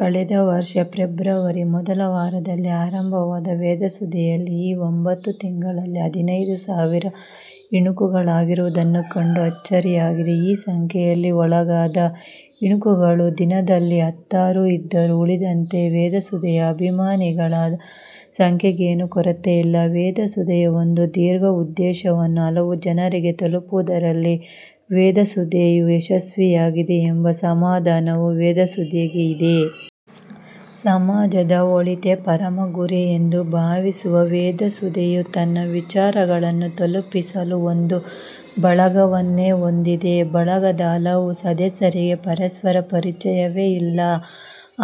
ಕಳೆದ ವರ್ಷ ಫೆಬ್ರವರಿ ಮೊದಲ ವಾರದಲ್ಲಿ ಆರಂಭವಾದ ವೇದ ಸುಧೆಯಲ್ಲಿ ಈ ಒಂಬತ್ತು ತಿಂಗಳಲ್ಲಿ ಹದಿನೈದು ಸಾವಿರ ಇಣುಕುಗಳಾಗಿರುವುದನ್ನು ಕಂಡು ಅಚ್ಚರಿಯಾಗಿದೆ. ಈ ಸಂಖ್ಯೆಯಲ್ಲಿ ಬಳಗದ ಇಣುಕುಗಳು ದಿನದಲ್ಲಿ ಹತ್ತಾರು ಇದ್ದರೂ ಉಳಿದಂತೆ ವೇದಸುಧೆಯ ಅಭಿಮಾನಿಗಳ ಸಂಖ್ಯೆಗೇನೂ ಕೊರತೆ ಇಲ್ಲ. ವೇದಸುಧೆಯ ಒಂದು ನಿರ್ದಿಷ್ಟ ಉದ್ದೇಶವು ಹಲವು ಜನರಿಗೆ ತಲುಪುವುದರಲ್ಲಿ ವೇದಸುಧೆಯು ಯಶಸ್ವಿಯಾಗಿದೆ, ಎಂಬ ಸಮಾಧಾನವು ವೇದಸುಧೆಗೆ ಇದೆ. ಸಮಾಜದ ಒಳಿತೇ ಪರಮ ಗುರಿ ಎಂದು ಭಾವಿಸುವ ವೇದಸುಧೆಯು ತನ್ನ ವಿಚಾರಗಳನ್ನು ತಲುಪಿಸಲು ಒಂದು ಬಳಗವನ್ನೇ ಹೊಂದಿದೆ. ಬಳಗದ ಹಲವು ಸದಸ್ಯರಿಗೆ ಪರಸ್ಪರ ಪರಿಚಯವೇ ಇಲ್ಲ.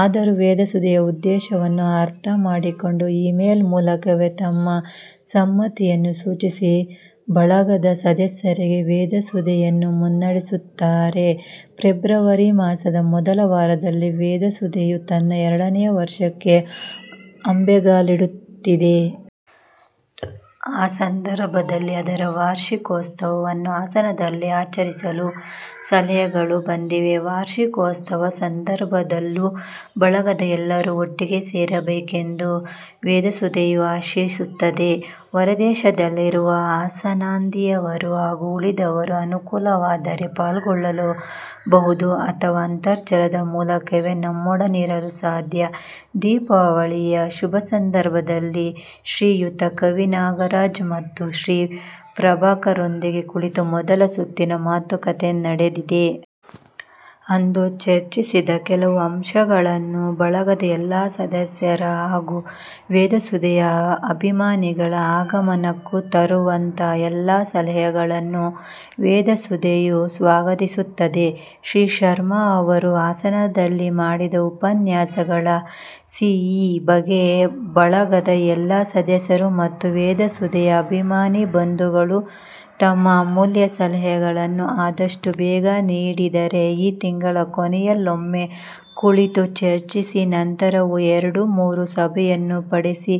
ಆದರೂ ವೇದಸುಧೆಯ ಉದ್ದೆಶವನ್ನು ಅರ್ಥಮಾಡಿಕೊಂಡು ಈ-ಮೇಲ್ ಮೂಲಕವೇ ತಮ್ಮ ಸಮ್ಮತಿಯನ್ನು ಸೂಚಿಸಿ ಬಳಗದ ಸದಸ್ಯರಾಗಿ ವೇದಸುಧೆಯನ್ನು ಮುನ್ನಡೆಸುತ್ತಿದ್ದಾರೆ. ಫೆಬ್ರವರಿ ಮಾಸದ ಮೊದಲವಾರದಲ್ಲಿ ವೇದಸುಧೆಯು ತನ್ನ ಎರಡನೆಯ ವರ್ಷಕ್ಕೆ ಅಂಬೆಗಾಲಿಡುತ್ತಿದೆ. ಆಸಂದರ್ಭದಲ್ಲಿ ಅದರ ವಾರ್ಷಿಕೋತ್ಸವನ್ನು ಹಾಸನದಲ್ಲಿ ಆಚರಿಸಲು ಸಲಹೆಗಳು ಬಂದಿವೆ. ವಾರ್ಷಿಕೋತ್ಸವ ಸಂದರ್ಭದಲ್ಲಾದರೂ ಬಳಗದ ಎಲ್ಲರೂ ಒಟ್ಟಿಗೆ ಸೇರಬೇಕೆಂದು ವೇದಸುಧೆಯು ಆಶಿಸುತ್ತದೆ. ಹೊರದೇಶದಲ್ಲಿರುವ ಹಂಸಾನಂದಿಯವರು ಹಾಗೂ ಉಳಿದವರು ಅನುಕೂಲವಾದರೆ ಪಾಲ್ಗೊಳ್ಳಲೂ ಬಹುದು ಅಥವಾ ಅಂತರ್ಜಾಲದ ಮೂಲಕವೇ ನಮ್ಮೊಡನಿರಲು ಸಾಧ್ಯ. ದೀಪಾವಳಿಯ ಶುಭಸಂದರ್ಭದಲ್ಲಿ ಶ್ರೀಯುತ ಕವಿ ನಾಗರಾಜ್ ಮತ್ತು ಶ್ರೀ ಪ್ರಭಾಕರರೊಂದಿಗೆ ಕುಳಿತು ಮೊದಲ ಸುತ್ತಿನ ಮಾತುಕತೆ ನಡೆದಿದೆ. ಅಂದು ಚರ್ಚಿಸಿದ ಕೆಲವು ಅಂಶಗಳನ್ನು ಬಳಗದ ಎಲ್ಲಾ ಸದಸ್ಯರ ಹಾಗೂ ವೇದಸುಧೆಯ ಅಭಿಮಾನಿಗಳ ಗಮನಕ್ಕೂ ತರುತ್ತಾ ಎಲ್ಲರ ಸಲಹೆಗಳನ್ನೂ ವೇದಸುಧೆಯು ಸ್ವಾಗತಿಸುತ್ತದೆ. ಶ್ರೀ ಶರ್ಮರು ಹಾಸನದಲ್ಲಿ ಮಾಡಿದ ಉಪನ್ಯಾಸಗಳ ಸಿ. ಈ ಬಗ್ಗೆ ಬಳಗದ ಎಲ್ಲಾ ಸದಸ್ಯರೂ ಮತ್ತು ವೇದಸುಧೆಯ ಅಭಿಮಾನಿ ಬಂಧುಗಳು ತಮ್ಮ ಅಮೂಲ್ಯಸಲಹೆಗಳನ್ನು ಆದಷ್ಟೂ ಬೇಗ ನೀಡಿದರೆ ಈ ತಿಂಗಳ ಕೊನೆಯಲ್ಲೊಮ್ಮೆ ಕುಳಿತು ಚರ್ಚಿಸಿ ನಂತರವೂ ಎರಡು-ಮೂರು ಸಭೆಯನ್ನು ನಡೆಸಿ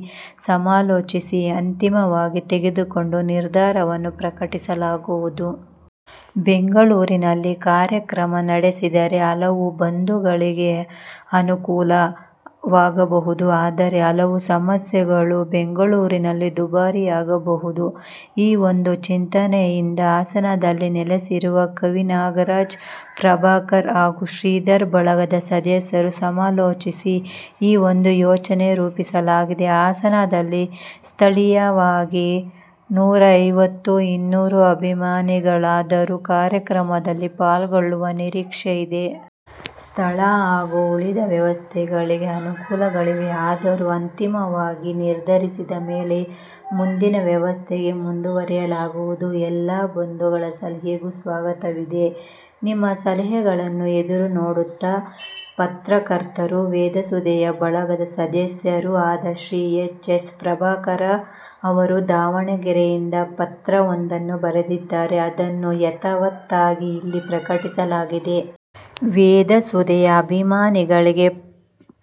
ಸಮಾಲೋಚಿಸಿ ಅಂತಿಮವಾಗಿ ತೆಗೆದುಕೊಂಡ ನಿರ್ಧಾರವನ್ನು ಪ್ರಕಟಿಸಲಾಗುವುದು. ಬೆಂಗಳೂರಿನಲ್ಲಿ ಕಾರ್ಯಕ್ರಮ ನಡೆಸಿದರೆ ಹಲವು ಬಂಧುಗಳಿಗೆ ಅನುಕೂಲ ವಾಗಬಹುದು. ಆದರೆ ಹಲವು ವ್ಯವಸ್ಥೆಗಳು ಬೆಂಗಳೂರಿನಲ್ಲಿ ದುಬಾರಿಯಾಗಬಹುದು. ಈ ಒಂದು ಚಿಂತನೆಯಿಂದ ಹಾಸನದಲ್ಲಿ ನೆಲಸಿರುವ ಕವಿನಾಗರಾಜ್, ಪ್ರಭಾಕರ್ ಹಾಗೂ ಶ್ರೀಧರ್ ಬಳಗದ ಸದಸ್ಯರು ಸಮಾಲೋಚಿಸಿ ಈ ಒಂದು ಯೋಜನೆ ರೂಪಿಸಲಾಗಿದೆ. ಹಾಸನದಲ್ಲಿ ಸ್ಥಳೀಯವಾಗಿ ನೂರೈವತ್ತು -ಇನ್ನೂರು ಅಭಿಮಾನಿಗಳಾದರೂ ಕಾರ್ಯಕ್ರಮದಲ್ಲಿ ಪಾಲ್ಗೊಳ್ಳುವ ನಿರೀಕ್ಷೆ ಇದೆ. ಸ್ಥಳ ಹಾಗೂ ಉಳಿದ ವ್ಯವಸ್ಥೆಗಳಿಗೆ ಅನುಕೂಲಗಳಿವೆ. ಆದರೂ ಅಂತಿಮವಾಗಿ ನಿರ್ಧರಿಸಿದಮೇಲೆಯೇ ಮುಂದಿನ ವ್ಯವಸ್ಥೆಗೆ ಮುಂದುವರೆಯಲಾಗುವುದು. ಎಲ್ಲಾ ಬಂಧುಗಳ ಸಲಹೆಗಳಿಗೂ ಸ್ವಾಗತವಿದೆ. ನಿಮ್ಮ ಸಲಹೆಗಳನ್ನು ಎದುರು ನೋಡುತ್ತಾಪತ್ರಕರ್ತರೂ ವೇದಸುಧೆಯ ಬಳಗದ ಸದಸ್ಯರೂ ಆದ ಶ್ರೀ ಎಚ್. ಎಸ್. ಪ್ರಭಾಕರ, ಅವರು ದಾವಣಗೆರೆಯಿಂದ ಪತ್ರಒಂದನ್ನು ಬರೆದಿದ್ದಾರೆ ಅದನ್ನು ಯಥಾವತ್ತಾಗಿ ಇಲ್ಲಿ ಪ್ರಕಟಿಲಾಗಿದೆ. ವೇದಸುಧೆಯ ಅಭಿಮಾನಿಗಳಿಗೆ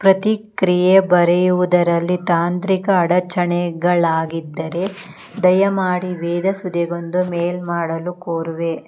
ಪ್ರತಿಕ್ರಿಯೆ ಬರೆಯುವುದರಲ್ಲಿ ತಾಂತ್ರಿಕ ಅಡಚಣೆಗಳಾಗಿದ್ದರೆ ದಯಮಾಡಿ ವೇದಸುಧೆಗೊಂದು ಮೇಲ್ ಮಾಡಲು ಕೋರುವೆ.